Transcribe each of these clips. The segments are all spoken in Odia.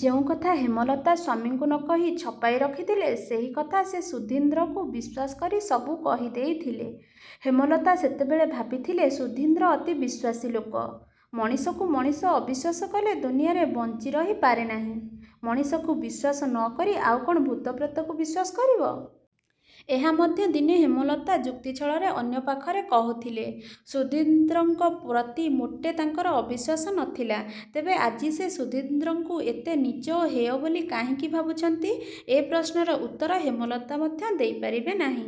ଯେଉଁକଥା ହେମଲତା ସ୍ୱାମୀଙ୍କୁ ନ କହି ଛପାଇ ରଖିଥିଲେ, ସେହି କଥା ସେ ସୁଧୀନ୍ଦ୍ରକୁ ବିଶ୍ୱାସ କରି ସବୁ କହିଦେଇଥିଲେ। ହେମଲତା ସେତେବେଳେ ଭାବିଥିଲେ, ସୁଧୀନ୍ଦ୍ର ଅତି ବିଶ୍ୱାସୀ ଲୋକ। ମଣିଷକୁ ମଣିଷ ଅବିଶ୍ୱାସ କଲେ ଦୁନିଆରେ ବଞ୍ଚିରହି ପାରେନାହିଁ। ମଣିଷକୁ ବିଶ୍ୱାସ ନ କରି ଆଉ କ'ଣ ଭୂତପ୍ରେତକୁ ବିଶ୍ୱାସ କରିବ? ଏହା ମଧ୍ୟ ଦିନେ ହେମଲତା ଯୁକ୍ତି ଛଳରେ ଅନ୍ୟପାଖରେ କହୁଥିଲେ। ସୁଧୀନ୍ଦ୍ରଙ୍କ ପ୍ରତି ମୋଟେ ତାଙ୍କର ଅବିଶ୍ୱାସ ନ ଥିଲା। ତେବେ ଆଜି ସେ ସୁଧୀନ୍ଦ୍ରଙ୍କୁ ଏତେ ନୀଚ ଓ ହେୟ ବୋଲି କାହିଁକି ଭାବୁଛନ୍ତି? ଏ ପ୍ରଶ୍ନର ଉତ୍ତର ହେମଲତା ମଧ୍ୟ ଦେଇପାରିବେ ନାହିଁ।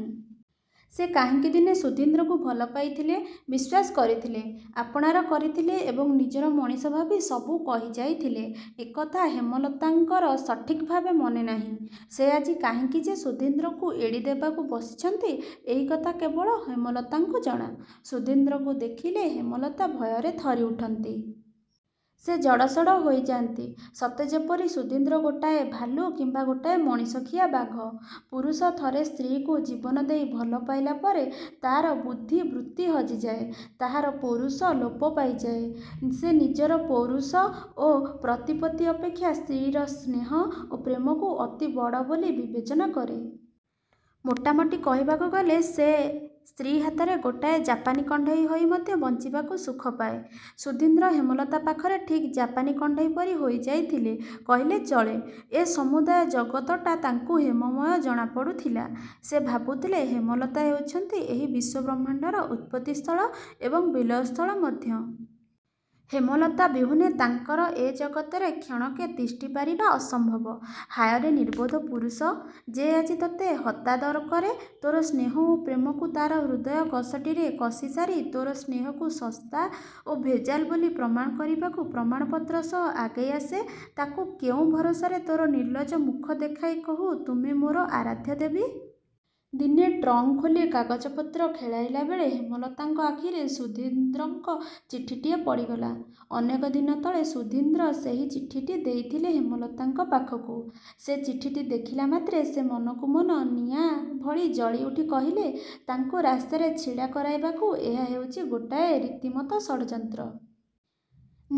ସେ କାହିଁକି ଦିନେ ସୁଧୀନ୍ଦ୍ରକୁ ଭଲ ପାଇଥିଲେ, ବିଶ୍ୱାସ କରିଥିଲେ। ଆପଣାର କରିଥିଲେ ଏବଂ ନିଜର ମଣିଷ ଭାବି ସବୁ କହିଯାଇଥିଲେ, ଏକଥା ହେମଲତାଙ୍କର ସଠିକ୍ଭାବେ ମନେନାହିଁ। ସେ ଆଜି କାହିଁକି ଯେ। ସୁଧୀନ୍ଦ୍ରକୁ ଏଡ଼ିଦେବାକୁ ବସିଛନ୍ତି, ଏହିକଥା କେବଳ ହେମଲତାଙ୍କୁ ଜଣା। ସୁଧୀନ୍ଦ୍ରକୁ ଦେଖିଲେ ହେମଲତା ଭୟରେ ଥରିଉଠନ୍ତି। ସେ ଜଡ଼ସଡ଼ ହୋଇଯାଆନ୍ତି। ସତେଯେପରି ସୁଧୀନ୍ଦ୍ର ଗୋଟାଏ ଭାଲୁ କିମ୍ବା ଗୋଟାଏ ମଣିଷଖିଆ ବାଘ। ପୁରୁଷ ଥରେ ସ୍ତ୍ରୀକୁ ଜୀବନଦେଇ ଭଲ ପାଇଲା ପରେ ତା'ର ବୁଦ୍ଧିବୃତ୍ତି ହଜିଯାଏ। ତାହାର ପୌରୁଷ ଲୋପ ପାଇଯାଏ। ସେ ନିଜର ପୌରୁଷ ଓ ପ୍ରତିପତ୍ତି ଅପେକ୍ଷା ସ୍ତ୍ରୀର ସ୍ନେହ ଓ ପ୍ରେମକୁ ଅତି ବଡ଼ ବୋଲି ବିବେଚନା କରେ। ମୋଟାମୋଟି କହିବାକୁ ଗଲେ ସେ ସ୍ତ୍ରୀ ହାତରେ ଗୋଟାଏ ଜାପାନୀ କଣ୍ଢେଇ ହୋଇ ମଧ୍ୟ ବଞ୍ଚିବାକୁ ସୁଖପାଏ। ସୁଧୀନ୍ଦ୍ର ହେମଲତା ପାଖରେ ଠିକ୍ ଜାପାନୀ କଣ୍ଢେଇ ପରି ହୋଇଯାଇଥିଲେ କହିଲେ ଚଳେ। ଏ ସମୁଦାୟ ଜଗତଟା ତାଙ୍କୁ ହେମମୟ ଜଣାପଡ଼ୁଥିଲା। ସେ ଭାବୁଥିଲେ ହେମଲତା ହେଉଛନ୍ତି ଏହି ବିଶ୍ୱବ୍ରହ୍ମାଣ୍ଡର ଉତ୍ପତ୍ତି ସ୍ଥଳ ଏବଂ ବିଲୟ ସ୍ଥଳ ମଧ୍ୟ। ହେମଲତା ବିହୁନେ ତାଙ୍କର ଏ ଜଗତରେ କ୍ଷଣକେ ତିଷ୍ଠିପାରିବା ଅସମ୍ଭବ। ହାୟରେ ନିର୍ବୋଧ ପୁରୁଷ! ଯେ ଆଜି ତୋତେ ହତାଦର କରେ, ତୋର ସ୍ନେହ ଓ ପ୍ରେମକୁ ତା'ର ହୃଦୟ କଷଟିରେ କଷିସାରି ତୋର ସ୍ନେହକୁ ଶସ୍ତା ଓ ଭେଜାଲ ବୋଲି ପ୍ରମାଣ କରିବାକୁ ପ୍ରମାଣପତ୍ର ସହ ଆଗେଇଆସେ, ତାକୁ କେଉଁ ଭରସାରେ ତୋର ନିର୍ଲଜ ମୁଖ ଦେଖାଇ କହୁ, ''ତୁମେ ମୋର ଆରାଧ୍ୟ ଦେବୀ? '' ଦିନେ ଟ୍ରଙ୍କ୍ ଖୋଲି କାଗଜପତ୍ର ଖେଳାଇଲା ବେଳେ ହେମଲତାଙ୍କ ଆଖିରେ ସୁଧୀନ୍ଦ୍ରଙ୍କ ଚିଠିଟିଏ ପଡ଼ିଗଲା। ଅନେକ ଦିନ ତଳେ ସୁଧୀନ୍ଦ୍ର ସେହି ଚିଠିଟି ଦେଇଥିଲେ ହେମଲତାଙ୍କ ପାଖକୁ-। ସେ ଚିଠିଟି ଦେଖିଲା ମାତ୍ରେ ସେ ମନକୁ ମନ ନିଆଁ ଭଳି ଜଳିଉଠି କହିଲେ, ''ତାଙ୍କୁ ରାସ୍ତାରେ ଛିଡ଼ା କରାଇବାକୁ ଏହା ହେଉଛି ଗୋଟାଏ ରୀତିମତ ଷଡ଼ଯନ୍ତ୍ର।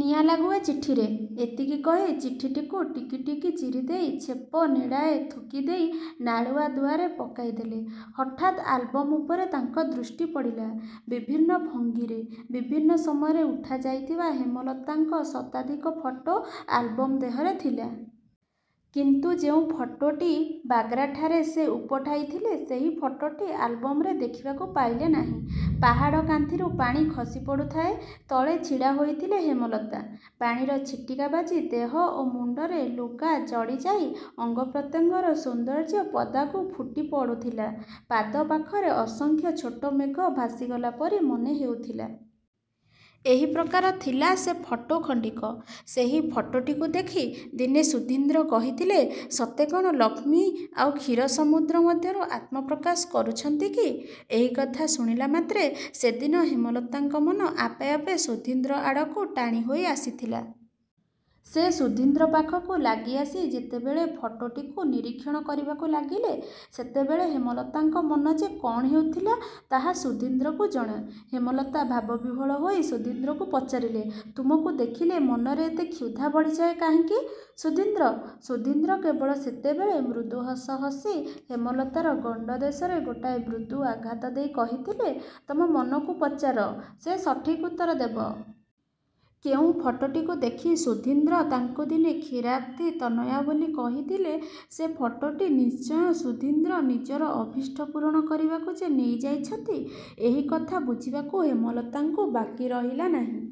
ନିଆଁଲାଗୁ ଏ ଚିଠିରେ। '' ଏତିକି କହି ଚିଠିଟିକୁ ଟିକି ଟିକି ଚିରିଦେଇ ଛେପ ନେଡ଼ାଏ ଥୁକିଦେଇ ନାଳୁଆ ଦୁଆରେ ପକାଇ ଦେଲେ। ହଠାତ୍ ଆଲବମ୍ ଉପରେ ତାଙ୍କ ଦୃଷ୍ଟି ପଡ଼ିଲା। ବିଭିନ୍ନ ଭଙ୍ଗିରେ, ବିଭିନ୍ନ ସମୟରେ ଉଠାଯାଇଥିବା ହେମଲତାଙ୍କ ଶତାଧିକ ଫଟୋ ଆଲବମ୍ ଦେହରେ ଥିଲା। କିନ୍ତୁ ଯେଉଁ ଫଟୋଟି ବାଗ୍ରାଠାରେ ସେ ଉପଠାଇଥିଲେ ସେହି ଫଟୋଟି ଆଲବମରେ ଦେଖିବାକୁ ପାଇଲେ ନାହିଁ। ପାହାଡ଼ କାନ୍ଥିରୁ ପାଣି ଖସିପଡ଼ୁଥାଏ। ତଳେ ଛିଡ଼ା ହୋଇଥିଲେ ହେମଲତା। ପାଣିର ଛିଟିକା ବାଜି ଦେହ ଓ ମୁଣ୍ଡରେ ଲୁଗା ଜଡ଼ିଯାଇ ଅଙ୍ଗପ୍ରତ୍ୟଙ୍ଗର ସୌନ୍ଦର୍ଯ୍ୟ ପଦାକୁ ଫୁଟିପଡ଼ୁଥିଲା। ପାଦ ପାଖରେ ଅସଂଖ୍ୟ ଛୋଟ ମେଘ ଭାସିଗଲାପରି ମନେହେଉଥିଲା। ଏହି ପ୍ରକାର ଥିଲା ସେ ଫଟୋ ଖଣ୍ଡିକ। ସେହି ଫଟୋଟିକୁ ଦେଖି ଦିନେ ସୁଧୀନ୍ଦ୍ର କହିଥିଲେ, ''ସତେ କ'ଣ ଲକ୍ଷ୍ମୀ ଆଉ କ୍ଷୀରସମୁଦ୍ର ମଧ୍ୟରୁ ଆତ୍ମପ୍ରକାଶ କରୁଛନ୍ତି କି? '' ଏହିକଥା ଶୁଣିଲାମାତ୍ରେ ସେଦିନ ହେମଲତାଙ୍କ ମନ ଆପେ ଆପେ ସୁଧୀନ୍ଦ୍ର ଆଡ଼କୁ ଟାଣିହୋଇ ଆସିଥିଲା। ସେ ସୁଧୀନ୍ଦ୍ର ପାଖକୁ ଲାଗିଆସି ଯେତେବେଳେ ଫଟୋଟିକୁ ନିରୀକ୍ଷଣ କରିବାକୁ ଲାଗିଲେ, ସେତେବେଳେ ହେମଲତାଙ୍କ ମନ ଯେ କ'ଣ ହେଉଥିଲା, ତାହା ସୁଧୀନ୍ଦ୍ରକୁ ଜଣା। ହେମଲତା ଭାବବିହ୍ୱଳ ହୋଇ ସୁଧୀନ୍ଦ୍ରକୁ ପଚାରିଲେ, ''ତୁମକୁ ଦେଖିଲେ ମନରେ ଏତେ କ୍ଷୁଧା ବଢ଼ିଯାଏ କାହିଁକି ସୁଧୀନ୍ଦ୍ର? '' ସୁଧୀନ୍ଦ୍ର କେବଳ ସେତେବେଳେ ମୃଦୁ ହସ ହସି ହେମଲତାର ଗଣ୍ଡ ଦେଶରେ ଗୋଟାଏ ମୃଦୁ ଆଘାତ ଦେଇ କହିଥିଲେ, ''ତମ ମନକୁ ପଚାର, ସେ ସଠିକ୍ ଉତ୍ତର ଦେବ। '' କେଉଁ ଫଟୋଟିକୁ ଦେଖି ସୁଧୀନ୍ଦ୍ର ତାଙ୍କୁ ଦିନେ କ୍ଷୀରାବ୍ଧି ତନୟା ବୋଲି କହିଥିଲେ ସେ ଫଟୋଟି ନିଶ୍ଚୟ ସୁଧୀନ୍ଦ୍ର ନିଜର ଅଭିଷ୍ଟ ପୂରଣ କରିବାକୁ ଯେ ନେଇଯାଇଛନ୍ତି, ଏହି କଥା ବୁଝିବାକୁ ହେମଲତାଙ୍କୁ ବାକିରହିଲା ନାହିଁ।